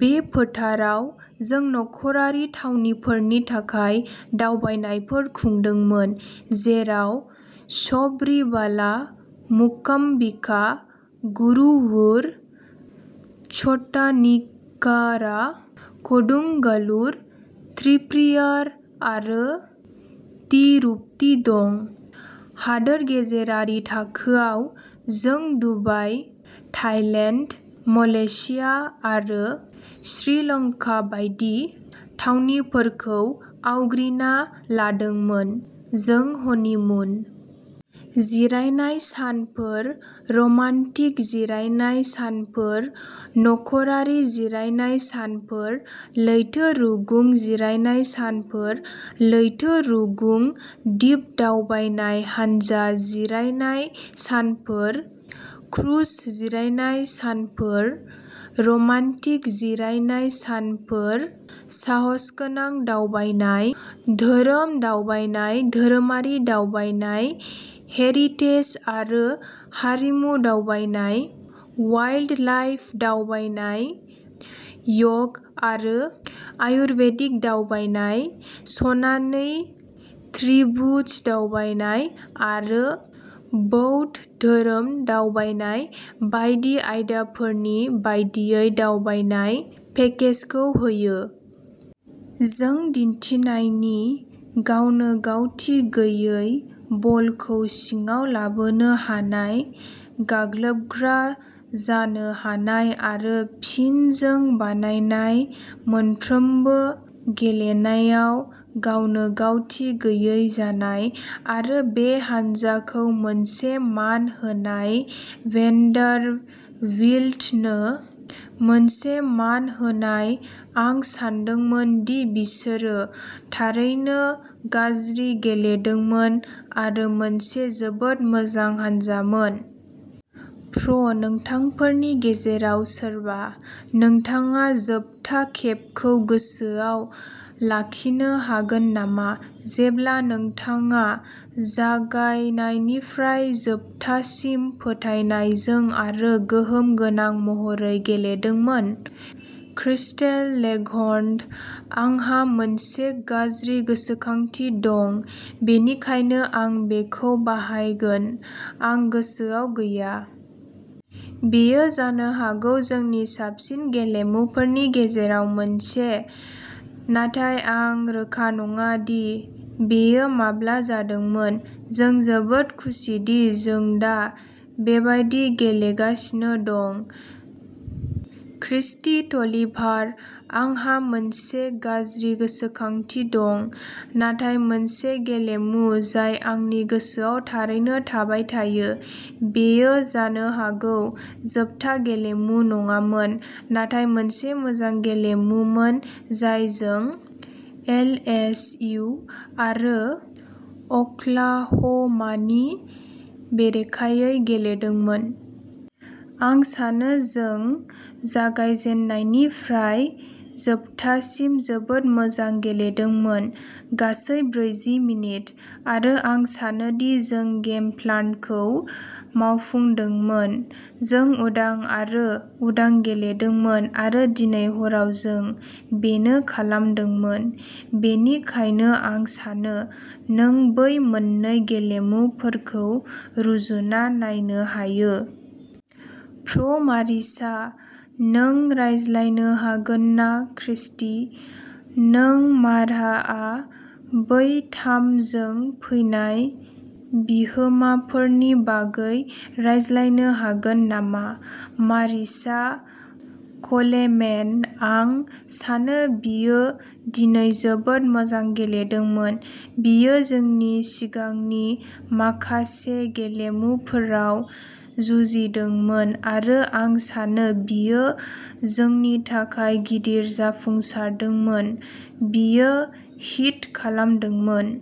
बे फोथाराव, जों नखरारि थावनिफोरनि थाखाय दावबायनायफोर खुंदोंमोन, जेराव शबरीबाला, मुकाम्बिका, गुरुवयुर, च'ट्टानिककारा, क'डुंगालुर, त्रिप्रियार आरो थिरुपथि दं। हादोर गेजेरारि थाखोआव, जों दुबाइ, थाइलेन्ड, मलेशिया आरो श्रीलंका बायदि थावनिफोरखौ आवग्रिना लादोंमोन। जों हनिमुन जिरायनाय सानफोर, रमान्टिक जिरायनाय सानफोर, नखरारि जिरायनाय सानफोर, लैथो रुगुं जिरायनाय सानफोर, लैथो रुगुं दिप दावबायनाय, हानजा जिरायनाय सानफोर, क्रुज जिरायनाय सानफोर, रमान्टिक जिरायनाय सानफोर, साहसगोनां दावबायनाय, धोरोम दावबायनाय धोरोमारि दावबायनाय, हेरिटेज आरो हारिमु दावबायनाय, वाइल्डलाइफ दावबायनाय, य'ग आरो आयुर्बेदिक दावबायनाय, सनानि त्रिभुज दावबायनाय आरो बौद्ध धोरोम दावबायनाय बायदि आयदाफोरनि बायदियै दावबायनाय पेकेजफोर होयो। जों दिन्थिनायनि गावनोगावथि गैयै, बलखौ सिङाव लाबोनो हानाय, गाग्लोबग्रा जानो हानाय आरो फिन जों बानायनाय मोनफ्रोमबो गेलेनायाव गावनोगावथि गैयै जानाय। आरो बे हान्जाखौ मोनसे मान होनाय, भेन्डारबिल्टनो मोनसे मान होनाय, आं सानदोंमोन दि बिसोरो थारैनो गाज्रि गेलेदोंमोन आरो मोनसे जोबोद मोजां हानजामोन। प्र नोंथांफोरनि गेजेराव सोरबा, नोंथाङा जोबथा खेबखौ गोसोआव लाखिनो हागोन नामा जेब्ला नोंथाङा जागायनायनिफ्राय जोबजासिम फोथायनायजों आरो गोहोम गोनां महरै गेलेदोंमोन? क्रिस्टेल लेंघर्न आंहा मोनसे गाज्रि गोसोखांथि दं, बेनिखायनो आं बेखौ बाहायगोन। आं गोसोआव गैया। बेयो जानो हागौ जोंनि साबसिन गेलेमुफोरनि गेजेराव मोनसे, नाथाय आं रोखा नङा दि बेयो माब्ला जादोंमोन। जों जोबोद खुसिदि जों दा बेबायदि गेलेगासिनो दं। क्रिस्टि टलिभारः आंहा मोनसे गाज्रि गोसोखांथि दं। नाथाय मोनसे गेलेमु जाय आंनि गोसोआव थारैनो थाबाय थायो, बेयो जानो हागौ जोबथा गेलेमु नङामोन नाथाय मोनसे मोजां गेलेमुमोन जाय जों एलएसइउ आरो अक्लाह'मानि बेरेखायै गेलेदोंमोन। आं सानो जों जागायजेन्नायनिफ्राय जोबनायसिम जोबोद मोजां गेलेदोंमोन, गासै ब्रैजि मिनिट। आरो आं सानोदि जों गेम प्लानखौ मावफुंदोंमोन। जों उदां आरो उदां गेलेदोंमोन, आरो दिनै हराव जों बेनो खालामदोंमोन। बेनिखायनो आं सानो नों बै मोन्नै गेलेमुफोरखौ रुजुना नायनो हायो। प्र मारिसा, नों रायज्लायनो हागोन ना क्रिस्टि, नों माराहआ बै थाम जों फैनाय बिहोमाफोरनि बागै रायज्लायनो हागोन नामा? मारिसा कलेमेन आं सानो बियो दिनै जोबोद मोजां गेलेदोंमोन। बियो जोंनि सिगांनि माखासे गेलेमुफोराव जुजिदोंमोन आरो आं सानो बियो जोंनि थाखाय गिदिर जाफुंसारदोंमोन। बियो हिट खालामदोंमोन।